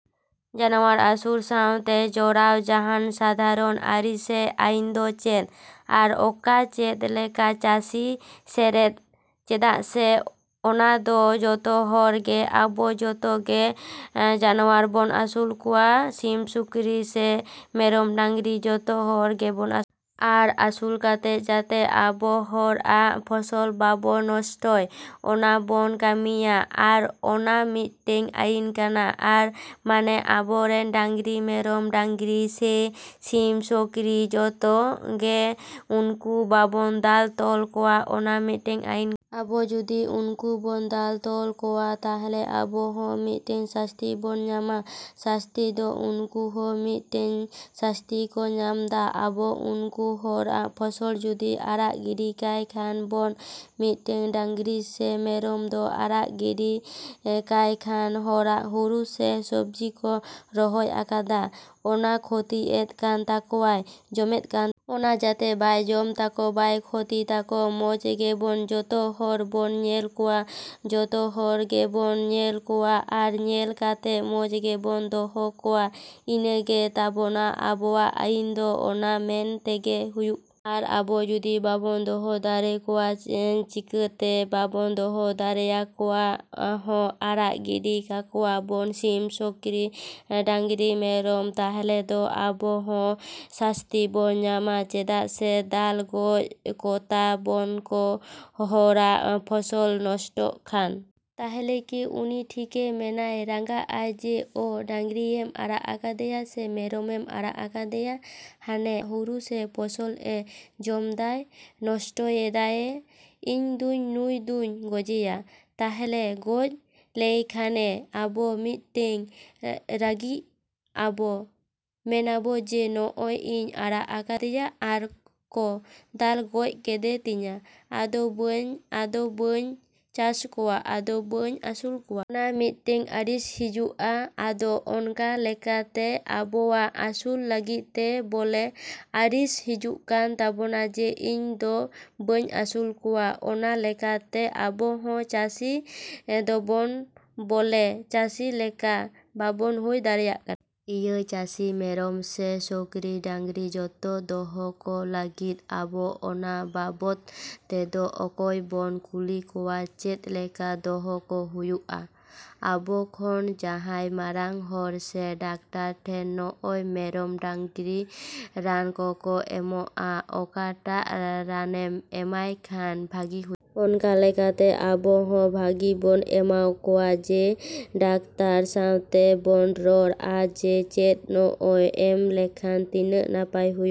ᱡᱟᱱᱣᱟᱨ ᱟᱹᱥᱩᱞ ᱥᱟᱶᱛᱮ ᱡᱚᱲᱟᱣ ᱡᱟᱸᱦᱟᱱ ᱥᱟᱫᱷᱟᱨᱚᱱ ᱟᱹᱨᱤ ᱥᱮ ᱟᱹᱭᱤᱱ ᱫᱚ ᱪᱮᱫ? ᱟᱨ ᱚᱠᱟ ᱪᱮᱫ ᱞᱮᱠᱟ ᱪᱟᱹᱥᱤ ᱥᱮᱨᱮᱫ? ᱪᱮᱫᱟᱜ ᱥᱮ ᱚᱱᱟ ᱫᱚ ᱡᱚᱛᱚ ᱦᱚᱲ ᱜᱮ ᱟᱵᱚ ᱡᱚᱛᱚ ᱜᱮ ᱡᱟᱱᱣᱟᱨ ᱵᱚᱱ ᱟᱹᱥᱩᱞ ᱠᱚᱣᱟ, ᱥᱤᱢ, ᱥᱩᱠᱨᱤ ᱥᱮ ᱢᱮᱨᱚᱢ, ᱰᱟᱹᱝᱨᱤ ᱡᱚᱛᱚ ᱦᱚᱲ ᱜᱮᱵᱚᱱ ᱟᱹᱥᱩᱞ ᱠᱚᱣᱟ᱾ ᱟᱨ ᱟᱹᱥᱩᱞ ᱠᱟᱛᱮ ᱡᱟᱛᱮ ᱟᱵᱚ ᱦᱚᱲᱟᱜ ᱯᱷᱚᱥᱚᱞ ᱵᱟᱠᱚ ᱱᱚᱥᱴᱚᱭ, ᱚᱱᱟ ᱵᱚᱱ ᱠᱟᱹᱢᱤᱭᱟ᱾ ᱟᱨ ᱚᱱᱟ ᱢᱤᱫᱴᱮᱱ ᱟᱹᱭᱤᱱ ᱠᱟᱱᱟ᱾ ᱟᱨ ᱢᱟᱱᱮ ᱟᱵᱚᱨᱮᱱ ᱰᱟᱝᱨᱟ, ᱢᱮᱨᱚᱢ, ᱰᱟᱹᱝᱨᱤ ᱥᱮ ᱥᱤᱢ, ᱥᱩᱠᱨᱤ ᱡᱚᱛᱚ ᱜᱮ ᱩᱱᱠᱩ ᱵᱟᱵᱚᱱ ᱫᱟᱞ ᱛᱚᱞ ᱠᱚᱣᱟ, ᱚᱱᱟ ᱢᱤᱫᱴᱮᱱ ᱟᱹᱭᱤᱱ ᱠᱟᱱᱟ᱾ ᱟᱵᱚ ᱡᱩᱫᱤ ᱩᱱᱠᱩ ᱵᱚᱱ ᱫᱟᱞ ᱛᱚᱞ ᱠᱚᱣᱟ ᱛᱟᱦᱚᱞᱮ ᱟᱵᱚ ᱦᱚᱸ ᱢᱤᱫᱴᱮᱱ ᱥᱟᱹᱥᱛᱤ ᱵᱚᱱ ᱧᱟᱢᱟ᱾ ᱥᱟᱹᱥᱛᱤ ᱫᱚ ᱩᱱᱠᱩ ᱦᱚᱸ ᱢᱤᱫᱴᱮᱱ ᱥᱟᱹᱥᱛᱤ ᱠᱚ ᱧᱟᱢᱫᱟ᱾ ᱟᱵᱚ ᱩᱱᱠᱩ ᱦᱚᱲᱟᱜ ᱯᱷᱚᱥᱚᱞ ᱡᱩᱫᱤ ᱟᱲᱟᱜ ᱜᱤᱰᱤ ᱠᱟᱭ ᱠᱷᱟᱱ ᱵᱚᱱ, ᱢᱤᱫᱴᱮᱱ ᱰᱟᱹᱝᱨᱤ ᱥᱮ ᱢᱮᱨᱚᱢ ᱦᱚᱸ ᱟᱲᱟᱜ ᱜᱤᱰᱤ ᱠᱟᱭᱠᱷᱟᱱ ᱦᱚᱲᱟᱜ ᱦᱩᱲᱩ ᱥᱮ ᱥᱚᱵᱽᱡᱤ ᱠᱚ ᱨᱚᱦᱚᱭ ᱟᱠᱟᱫᱟ, ᱚᱱᱟ ᱠᱷᱚᱛᱤᱭᱮᱫ ᱠᱟᱱ ᱛᱟᱠᱚᱣᱟᱭ, ᱡᱚᱢᱮᱫ ᱠᱟᱱ ᱛᱟᱠᱚᱣᱟᱭ᱾ ᱚᱱᱟ ᱡᱟᱛᱮ ᱵᱟᱭ ᱡᱚᱢ ᱛᱟᱠᱚ, ᱵᱟᱭ ᱠᱷᱚᱛᱤᱭ ᱛᱟᱠᱚ, ᱢᱚᱡᱽ ᱜᱮᱵᱚᱱ ᱡᱚᱛᱚ ᱦᱚᱲ ᱵᱚᱱ ᱧᱮᱞ ᱠᱚᱣᱟ, ᱡᱚᱛᱚ ᱦᱚᱲ ᱛᱮᱵᱚᱱ ᱧᱮᱞ ᱠᱚᱣᱟ᱾ ᱟᱨ ᱧᱮᱞ ᱠᱟᱛᱮᱫ ᱢᱚᱡᱽ ᱜᱮᱵᱚᱱ ᱫᱚᱦᱚ ᱠᱚᱣᱟ᱾ ᱤᱱᱟᱹ ᱜᱮ ᱛᱟᱵᱚᱱ ᱟᱵᱚᱣᱟᱜ ᱟᱹᱭᱤᱱ ᱫᱚ ᱚᱱᱟ ᱢᱮᱱ ᱛᱮᱜᱮ ᱦᱩᱭᱩᱜ ᱟᱨ ᱟᱵᱚ ᱡᱩᱫᱤ ᱵᱟᱵᱚᱱ ᱫᱚᱦᱚ ᱫᱟᱲᱮ ᱟᱠᱚᱣᱟ, ᱪᱮᱠᱟ ᱛᱮ ᱵᱟᱵᱚᱱ ᱫᱚᱦᱚ ᱫᱟᱲᱮᱭᱟᱠᱚᱣᱟ ᱦᱚᱸ ᱟᱲᱟᱜ ᱜᱤᱰᱤ ᱠᱟᱠᱚᱣᱟᱵᱚᱱ ᱥᱤᱢ, ᱥᱩᱠᱨᱤ, ᱰᱟᱝᱨᱤ, ᱢᱮᱨᱚᱢ, ᱛᱟᱦᱚᱞᱮ ᱫᱚ ᱟᱵᱚ ᱦᱚᱸ ᱥᱟᱹᱥᱛᱤ ᱵᱚᱱ ᱧᱟᱢᱟ᱾ ᱪᱮᱫᱟᱜ ᱥᱮ ᱫᱟᱞ ᱜᱚᱡ ᱠᱚᱛᱟ ᱵᱚᱱᱟ ᱠᱚ ᱦᱚᱲᱟᱜ ᱯᱷᱚᱥᱚᱞᱮ ᱱᱚᱥᱴᱚᱭ ᱠᱷᱟᱱ᱾ ᱛᱟᱦᱚᱞᱮ ᱠᱤ ᱩᱱᱤ ᱴᱷᱤᱠᱮ ᱢᱮᱱᱟᱭ, ᱨᱟᱸᱜᱟᱜ ᱟᱭ ᱡᱮ ᱚ ᱰᱟᱝᱨᱟᱭᱮᱢ ᱟᱲᱟᱜ ᱟᱠᱟᱫᱮᱭᱟ ᱥᱮ ᱢᱮᱨᱚᱢᱮᱢ ᱟᱲᱟᱜ ᱟᱠᱟᱫᱮᱭᱟ, ᱦᱟᱱᱮ ᱟᱞᱮᱭᱟᱜ ᱦᱩᱲᱩ ᱥᱮ ᱯᱷᱚᱥᱚᱞᱮ ᱡᱚᱢᱮᱫᱟᱭ, ᱱᱚᱥᱴᱚᱭᱮᱫᱟᱭ, ᱤᱧ ᱫᱚᱧ ᱱᱩᱭ ᱫᱚᱧ ᱜᱚᱡᱮᱭᱟ᱾ ᱛᱟᱦᱚᱞᱮ ᱜᱚᱡ ᱞᱮᱭᱠᱷᱟᱱᱮ ᱟᱵᱚ ᱢᱤᱫᱴᱮᱱ ᱨᱟᱹᱜᱤᱜ ᱟᱵᱚ ᱢᱮᱱᱟᱵᱚ ᱡᱮ ᱦᱚᱜᱼᱚᱭ ᱤᱧ ᱟᱲᱟᱜ ᱟᱠᱟᱫᱮᱭᱟ ᱟᱨ ᱠᱚ ᱫᱟᱞ ᱜᱚᱡ ᱠᱮᱫᱮ ᱛᱤᱧᱟᱹ, ᱟᱫᱚ ᱵᱟᱹᱧ ᱟᱫᱚ ᱵᱟᱹᱧ ᱪᱟᱥ ᱠᱚᱣᱟ, ᱟᱫᱚ ᱵᱟᱹᱧ ᱟᱹᱥᱩᱞ ᱠᱚᱣᱟ᱾ ᱚᱱᱟ ᱢᱤᱫᱴᱮᱱ ᱟᱹᱲᱤᱥ ᱦᱤᱡᱩᱜᱼᱟ᱾ ᱟᱫᱚ ᱚᱱᱠᱟ ᱞᱮᱠᱟᱛᱮ ᱟᱵᱚᱣᱟᱜ ᱟᱹᱥᱩᱞ ᱞᱟᱹᱜᱤᱫ ᱛᱮ ᱵᱚᱞᱮ ᱟᱹᱲᱤᱥ ᱦᱤᱡᱩᱜ ᱠᱟᱱ ᱛᱟᱵᱚᱱᱟ ᱡᱮ ᱤᱧ ᱫᱚ ᱵᱟᱹᱧ ᱟᱹᱥᱩᱞ ᱠᱚᱣᱟ᱾ ᱚᱱᱟ ᱞᱮᱠᱟ ᱛᱮ ᱟᱵᱚ ᱦᱚᱸ ᱪᱟᱹᱥᱤ ᱫᱚᱵᱚᱱ ᱵᱚᱞᱮ ᱪᱟᱹᱥᱤ ᱞᱮᱠᱟ ᱵᱟᱵᱚᱱ ᱦᱩᱭ ᱫᱟᱲᱮᱭᱟᱜ ᱠᱟᱱᱟ᱾ ᱤᱭᱟᱹ ᱪᱟᱹᱥᱤ ᱢᱮᱨᱚᱢ ᱥᱮ ᱥᱩᱠᱨᱤ, ᱰᱟᱹᱝᱨᱤ ᱡᱚᱛᱚ ᱫᱚᱦᱚ ᱠᱚ ᱞᱟᱹᱜᱤᱫ ᱟᱵᱚ ᱚᱱᱟ ᱵᱟᱵᱚᱫ ᱛᱮᱫᱚ ᱚᱠᱚᱭ ᱵᱚᱱ ᱠᱩᱞᱤ ᱠᱚᱣᱟ ᱪᱮᱫ ᱞᱮᱠᱟ ᱫᱚᱦᱚ ᱠᱚ ᱦᱩᱭᱩᱜᱼᱟ? ᱟᱵᱚ ᱠᱷᱚᱱ ᱡᱟᱦᱟᱸᱭ ᱢᱟᱨᱟᱝ ᱦᱚᱲ ᱥᱮ ᱰᱟᱠᱛᱟᱨ ᱴᱷᱮᱱ ᱱᱚᱜᱼᱚᱭ ᱢᱮᱨᱚᱢ ᱰᱟᱝᱨᱤ ᱨᱟᱱ ᱠᱚᱠᱚ ᱮᱢᱚᱜᱼᱟ, ᱚᱠᱟᱴᱟᱜ ᱨᱟᱱᱮᱢ ᱮᱢᱟᱭ ᱠᱷᱟᱱ ᱵᱷᱟᱹᱜᱤ ᱦᱩᱭᱩᱜᱼᱟ᱾ ᱚᱱᱠᱟ ᱞᱮᱠᱟᱛᱮ ᱟᱵᱚ ᱦᱚᱸ ᱵᱷᱟᱹᱜᱤ ᱵᱚᱱ ᱮᱢᱟᱣᱟᱠᱚᱣᱟ ᱡᱮ ᱰᱟᱠᱛᱟᱨ ᱥᱟᱣᱛᱮ ᱵᱚ ᱨᱚᱲᱟ ᱡᱮ ᱪᱮᱫ ᱱᱚᱜᱼᱚᱭ ᱮᱢ ᱞᱮᱠᱷᱟᱱ ᱛᱤᱱᱟ.ᱜ ᱱᱟᱯᱟᱭ ᱦᱳᱭᱳᱜ ᱟ᱾